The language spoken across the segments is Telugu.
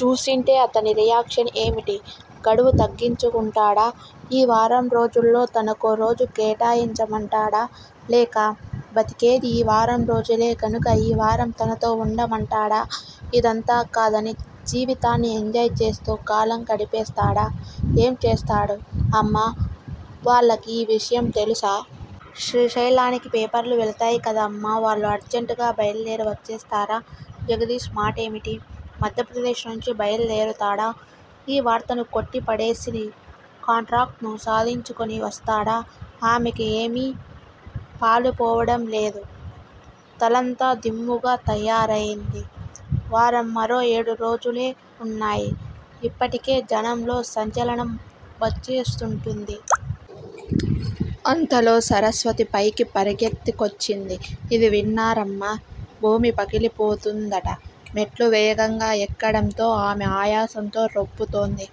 చూసుంటే అతని రియాక్షన్ ఏమిటి? గడువు తగ్గించుకుంటాడా? ఈ వారం రోజుల్లో తనకో రోజు కేటాయించమంటాడా? లేక బతికేది ఈ వారం రోజులే గనుక ఈ వారం తనతో వుండమంటాడా? ఇదంతా కాదని జీవితాన్ని ఎంజాయ్ చేస్తూ కాలం గడిపేస్తాడా? ఏం చేస్తాడు? అమ్మా వాళ్ళకి ఈ విషయం తెలుసా? శ్రీశైలానికి పేపర్లు వెళతాయి కదా అమ్మా వాళ్ళు అర్జంటుగా బయల్దేరి వచ్చేస్తారా? జగదీష్ మాటేమిటి? మధ్యప్రదేశ్ నుంచి బయల్దేరుతాడా? ఈ వార్తను కొట్టిపడేసి, కాంట్రాక్టును సాధించుకుని వస్తాడా? ఆమెకి ఏమీ పాలుపోవడం లేదు. తలంతా దిమ్ముగా తయారైంది. వారం మరో ఏడురోజులే వున్నాయి. ఇప్పటికే జనంలో సంచలనం వచ్చేసుంటుంది. అంతలో సరస్వతి పైకి పరుగెత్తికొచ్చింది. ఇది విన్నారమ్మా! భూమి పగిలిపోతుందట మెట్లు వేగంగా ఎక్కడంతో ఆమె ఆయాసంతో రొప్పుతోంది.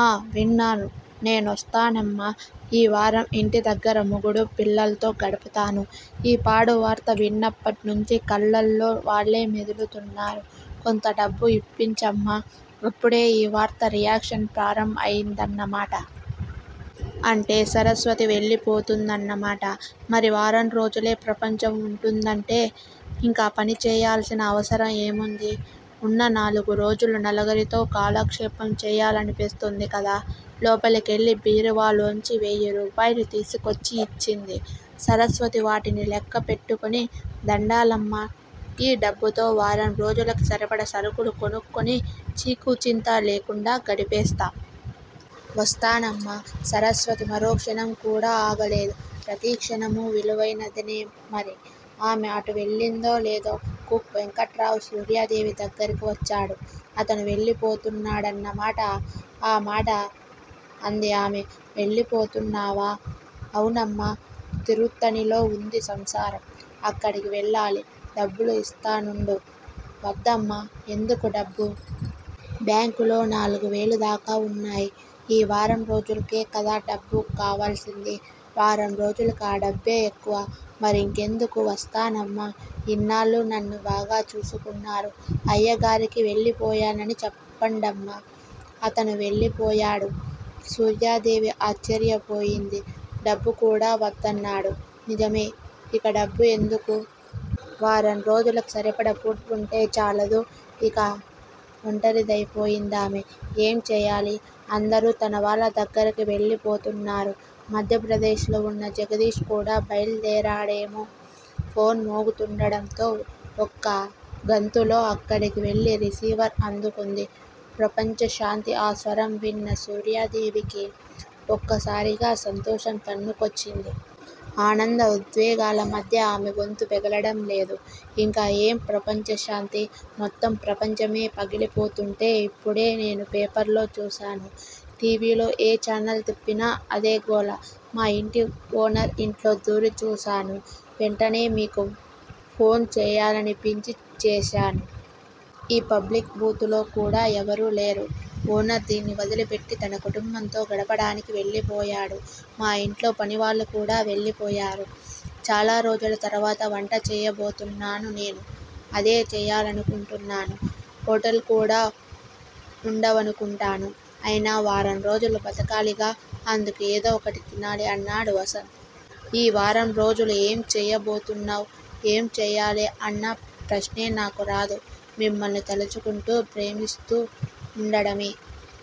ఆఁ విన్నాను నేనొస్తానమ్మా! ఈ వారం ఇంటి దగ్గర మొగుడూ, పిల్లల్తో గడుపుతాను. ఈ పాడువార్త విన్నప్పట్నుంచీ కళ్ళల్లో వాళ్ళే మెదులుతున్నారు కొంత డబ్బు ఇప్పించమ్మా అప్పుడే ఈ వార్త రియాక్షన్ ప్రారంభం అయిందన్న మాట. అంటే సరస్వతి వెళ్ళి పోతుందన్న మాట. మరి వారంరోజులే ప్రపంచం వుంటుందంటే ఇంకా పనిచేయాల్సిన అవసరం ఏముంది? ఉన్న నాలుగు రోజులూ నలుగురితో కాలక్షేపం చేయాలనిపిస్తుంది కదా. లోపలికెళ్ళి బీరువాలోంచి వేయిరూపాయలు తీసుకొచ్చి ఇచ్చింది. సరస్వతి వాటిని లెక్క పెట్టుకుని- దండాలమ్మా ఈ డబ్బుతో వారంరోజులకి సరిపడా సరుకులు కొనుక్కుని చీకూ చింతా లేకుండా గడిపేస్తా. వస్తానమ్మా సరస్వతి మరోక్షణం కూడా ఆగలేదు. ప్రతి క్షణమూ విలువైనదే మరి. ఆమె అటు వెళ్ళిందో లేదో కుక్ వెంకట్రావు సూర్యాదేవి దగ్గరికి వచ్చాడు అతనూ వెళ్ళిపోతున్నాడన్న మాట. ఆ మాటే అంది ఆమె- వెళ్ళిపోతున్నావా? అవునమ్మా తిరుత్తణిలో వుంది సంసారం అక్కడికి వెళ్ళాలి డబ్బులు ఇస్తానుండు వద్దమ్మా ఎందుకు డబ్బు? బ్యాంక్ లో నాలుగువేలదాకా వున్నాయి. ఈ వారం రోజులకే కదా డబ్బు కావాల్సింది. వారం రోజులకి ఆ డబ్బే ఎక్కువ. మరింకెందుకు? వస్తానమ్మా, ఇన్నాళ్ళూ నన్ను బాగా చూసుకున్నారు. అయ్యగారికి వెళ్ళిపోయానని చెప్పండమ్మా అతను వెళ్ళిపోయాడు. సూర్యాదేవి ఆశ్చర్యపోయింది. డబ్బు కూడా వద్దన్నాడు. నిజమే! ఇక డబ్బు ఎందుకు? వారం రోజులకి సరిపడా ఫుడ్ వుంటే చాలదూ. ఇంకా ఒంటరిధైపోయిందామె. ఏం చేయాలి? అందరూ తన వాళ్ళ దగ్గరికి వెళ్ళిపోతున్నారు. మధ్యప్రదేశ్ లో వున్నా జగదీష్ కూడా బయల్దేరాడేమో! ఫోన్ మోగుతుండడంతో ఒక్క గంతులో అక్కడికి వెళ్ళి రిసీవర్ అందుకుంది. ప్రపంచశాంతి ఆ స్వరం విన్న సూర్యాదేవికి ఒక్కసారిగా సంతోషం తన్నుకొచ్చింది. ఆనంద ఉద్వేగాల మధ్య ఆమె గొంతు పెగలడం లేదు. ఇంకా ఏం ప్రపంచశాంతి? మొత్తం ప్రపంచమే పగిలిపోతుంటే ఇప్పుడే నేనూ పేపర్లో చూశాను. టీవీలో ఏ ఛానల్ తిప్పినా అదే గోల మా ఇంటి ఓనర్ ఇంట్లో దూరి చూశాను. వెంటనే మీకు ఫోన్ చేయాలనిపించి చేశాను. ఈ పబ్లిక్ బూత్ లో కూడా ఎవరూ లేరు. ఓనర్ దీన్ని వదిలిపెట్టి తన కుటుంబంతో గడపడానికి వెళ్ళిపోయాడు మా ఇంట్లో పనివాళ్ళు కూడా వెళ్ళిపోయారు. చాలా రోజుల తరువాత వంట చేయబోతున్నాను నేనూ అదే చేయాలనుకుంటున్నాను. హోటళ్ళు కూడా వుండవను కుంటాను. అయినా వారం రోజులు బతకాలిగా అందుకు ఏదో ఒకటి తినాలి అన్నాడు వసంత్. ఈ వారం రోజులు ఏం చేయబోతున్నావ్? ఏం చేయాలి అన్న ప్రశ్నే నాకు రాదు మిమ్మల్ని తలుచుకుంటూ ప్రేమిస్తూ వుండడమే